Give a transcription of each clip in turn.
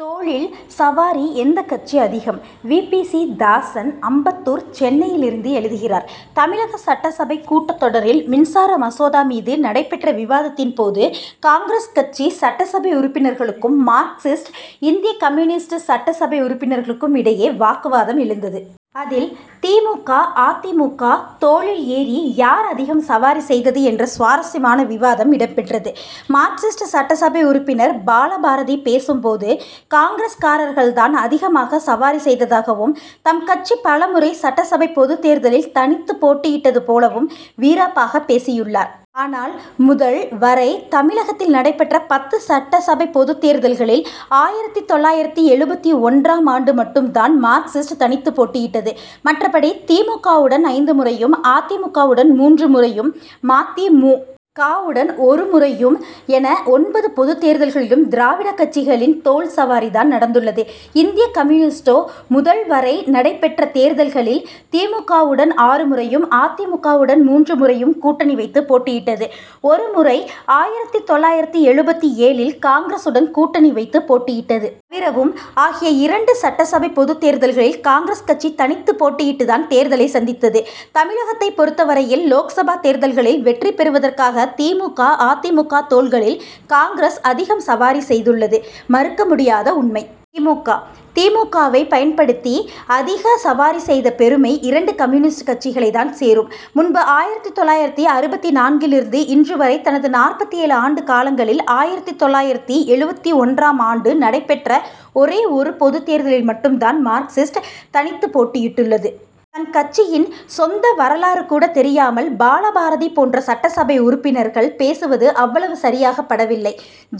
தோளில் சவாரி எந்தக் கட்சி அதிகம்? வி. பி. சி. தாசன், அம்பத்தூர், சென்னையிலிருந்து எழுதுகிறார் தமிழக சட்டசபை கூட்டத் தொடரில், மின்சார மசோதா மீது நடைபெற்ற விவாதத்தின் போது, காங்கிரஸ் கட்சி சட்டசபை உறுப்பினர்களுக்கும், மார்க்சிஸ்ட், இந்திய கம்யூனிஸ்ட் சட்டசபை உறுப்பினர்களுக்கும் இடையே வாக்குவாதம் எழுந்தது. அதில், தி. மு. க., அ. தி. மு. க., தோளில் ஏறி, யார் அதிகம் சவாரி செய்தது என்ற சுவாரசியமான விவாதம் இடம்பெற்றது. மார்க்சிஸ்ட் சட்டசபை உறுப்பினர் பாலபாரதி பேசும்போது, காங்கிரஸ்காரர்கள் தான் அதிகமாக சவாரி செய்ததாகவும், தம்கட்சி பலமுறை சட்டசபை பொதுத்தேர்தலில், தனித்து போட்டியிட்டது போலவும் வீராப்பாக பேசியுள்ளார். ஆனால், முதல், வரை, தமிழகத்தில் நடைபெற்ற பத்து சட்டசபை பொதுத் தேர்தல்களில், ஆயிரத்து தொள்ளாயிரத்து எழுபத்து ஒன்றாம் ஆண்டு மட்டும்தான் மார்க்சிஸ்ட் தனித்து போட்டியிட்டது. மற்றபடி, தி. மு. க.,வுடன் ஐந்து முறையும், அ. தி. மு. க.,வுடன் மூன்று முறையும், ம. தி. மு. க.,வுடன் ஒருமுறையும் என, ஒன்பது பொதுத் தேர்தல்களிலும், திராவிடக் கட்சிகளின், தோள் சவாரி தான் நடந்துள்ளது. இந்திய கம்யூனிஸ்டோ, முதல், வரை நடைபெற்ற தேர்தல்களில், தி. மு. க.,வுடன் ஆறு முறையும், அ. தி. மு. க.,வுடன் மூன்று முறையும் கூட்டணி வைத்து போட்டியிட்டது. ஒரு முறை, ஆயிரத்து தொள்ளாயிரத்து எழுபத்து ஏழில், காங்கிரஸ் உடன் கூட்டணி வைத்து போட்டியிட்டது. தவிரவும், ஆகிய இரண்டு சட்டசபை பொதுத் தேர்தல்களில், காங்கிரஸ் கட்சி தனித்து போட்டியிட்டுதான் தேர்தலை சந்தித்தது. தமிழகத்தை பொறுத்த வரையில், லோக்சபா தேர்தல்களில், வெற்றி பெறுவதற்காக, தி. மு. க., அ. தி. மு. க., தோள்களில் காங்கிரஸ் அதிகம் சவாரி செய்துள்ளது, மறுக்க முடியாத உண்மை. தி. மு. க., தி. மு. க.,வை பயன்படுத்தி, அதிக சவாரி செய்த பெருமை, இரண்டு கம்யூனிஸ்ட் கட்சிகளைத் தான் சேரும். முன்பு ஆயிரத்து தொள்ளாயிரத்து அறுபத்து நான்கிலிருந்து, இன்று வரை, தனது நாற்பத்து ஏழு ஆண்டு காலங்களில், ஆயிரத்து தொள்ளாயிரத்து எழுபத்து ஒன்றாம் ஆண்டு நடைபெற்ற ஒரே ஒரு பொதுத் தேர்தலில் மட்டும் தான், மார்க்சிஸ்ட் தனித்து போட்டியிட்டுள்ளது. தன் கட்சியின் சொந்த வரலாறு கூட தெரியாமல், பாலபாரதி போன்ற சட்டசபை உறுப்பினர்கள் பேசுவது, அவ்வளவு சரியாகப்படவில்லை.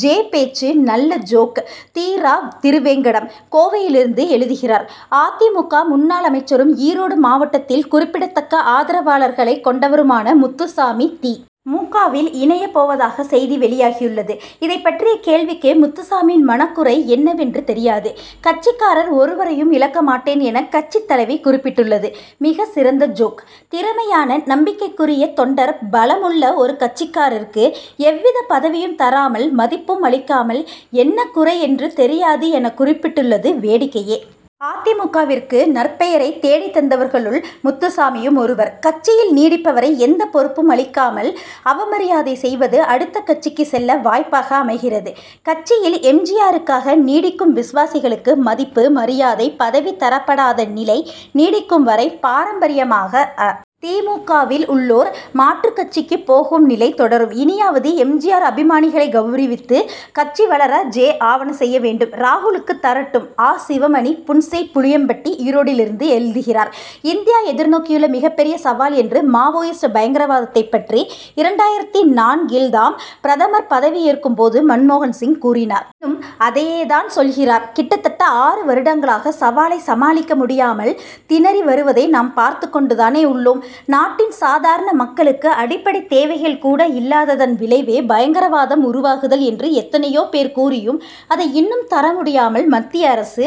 ஜெ., பேச்சு நல்ல ஜோக் தி. ரா. திருவேங்கடம், கோவையிலிருந்து எழுதுகிறார் அ. தி. மு. க., முன்னாள் அமைச்சரும், ஈரோடு மாவட்டத்தில் குறிப்பிடத் தக்க ஆதரவாளர்களை கொண்டவருமான முத்துசாமி, தி. மு. க.,வில் இணைய போவதாக செய்தி வெளியாகியுள்ளது. இதைப்பற்றிய கேள்விக்கு, முத்துசாமியின் மனக்குறை என்னவென்று தெரியாது; கட்சிக்காரர் ஒருவரையும் இழக்க மாட் டேன் என, கட்சித்தலைவி குறிப்பிட்டுள்ளது, மிகச் சிறந்த ஜோக். திறமையான, நம்பிக்கைக்குரிய தொண்டர் பலமுள்ள ஒரு கட்சிக்காரருக்கு, எவ்வித பதவியும் தராமல், மதிப்பும் அளிக்காமல், என்ன குறை என்று தெரியாது எனக் குறிப் பிட்டுள்ளது வேடிக்கையே! அ. தி. மு. க.,விற்கு நற்பெயரை தேடித் தந்தவர்களுள் முத்துசாமியும் ஒருவர். கட்சியில் நீடிப்பவரை, எந்தப் பொறுப்பும் அளிக்காமல் அவமரியாதை செய்வது, அடுத்த கட்சிக்கு செல்ல வாய்ப்பாக அமைகிறது. கட்சியில் எம். ஜி. ஆருக்காக நீடிக்கும் விசுவாசிகளுக்கு, மதிப்பு, மரியாதை, பதவி தரப்படாத நிலை நீடிக்கும் வரை, பாரம்பரியமாக அ. தி. மு. க., வில் உள்ளோர், மாற்றுக் கட்சிக்கு போகும் நிலை தொடரும். இனியாவது எம். ஜி. ஆர் அபிமானிகளை கவுரவித்து, கட்சி வளர ஜெ., ஆவன செய்ய வேண்டும்! ராகுலுக்கு தரட்டும் ஆ. சிவமணி, புன்செய்ப்புளியம்பட்டி, ஈரோடிலிருந்து எழுதுகிறார் இந்தியா எதிர்நோக்கியுள்ள மிகப்பெரிய சவால் என்று, மாவோயிஸ்ட் பயங்கரவாதத்தை பற்றி, இரண்டாயிரத்து நான்கில் தாம் பிரதமர் பதவி ஏற்கும் போது மன்மோகன்சிங் கூறினார். இன்னும் அதையே தான் சொல்கிறார். கிட்டத்தட்ட ஆறு வருடங்களாக, சவாலை சமாளிக்க முடியாமல் திணறி வருவதை நாம் பார்த்து கொண்டு தானே உள்ளோம். நாட்டின் சாதாரண மக்களுக்கு, அடிப்படைத் தேவைகள் கூட இல்லாததன் விளைவே, பயங்கரவாதம் உருவாகுதல் என்று எத்தனையோ பேர் கூறியும், அதை இன்னும் தரமுடியாமல், மத்திய அரசு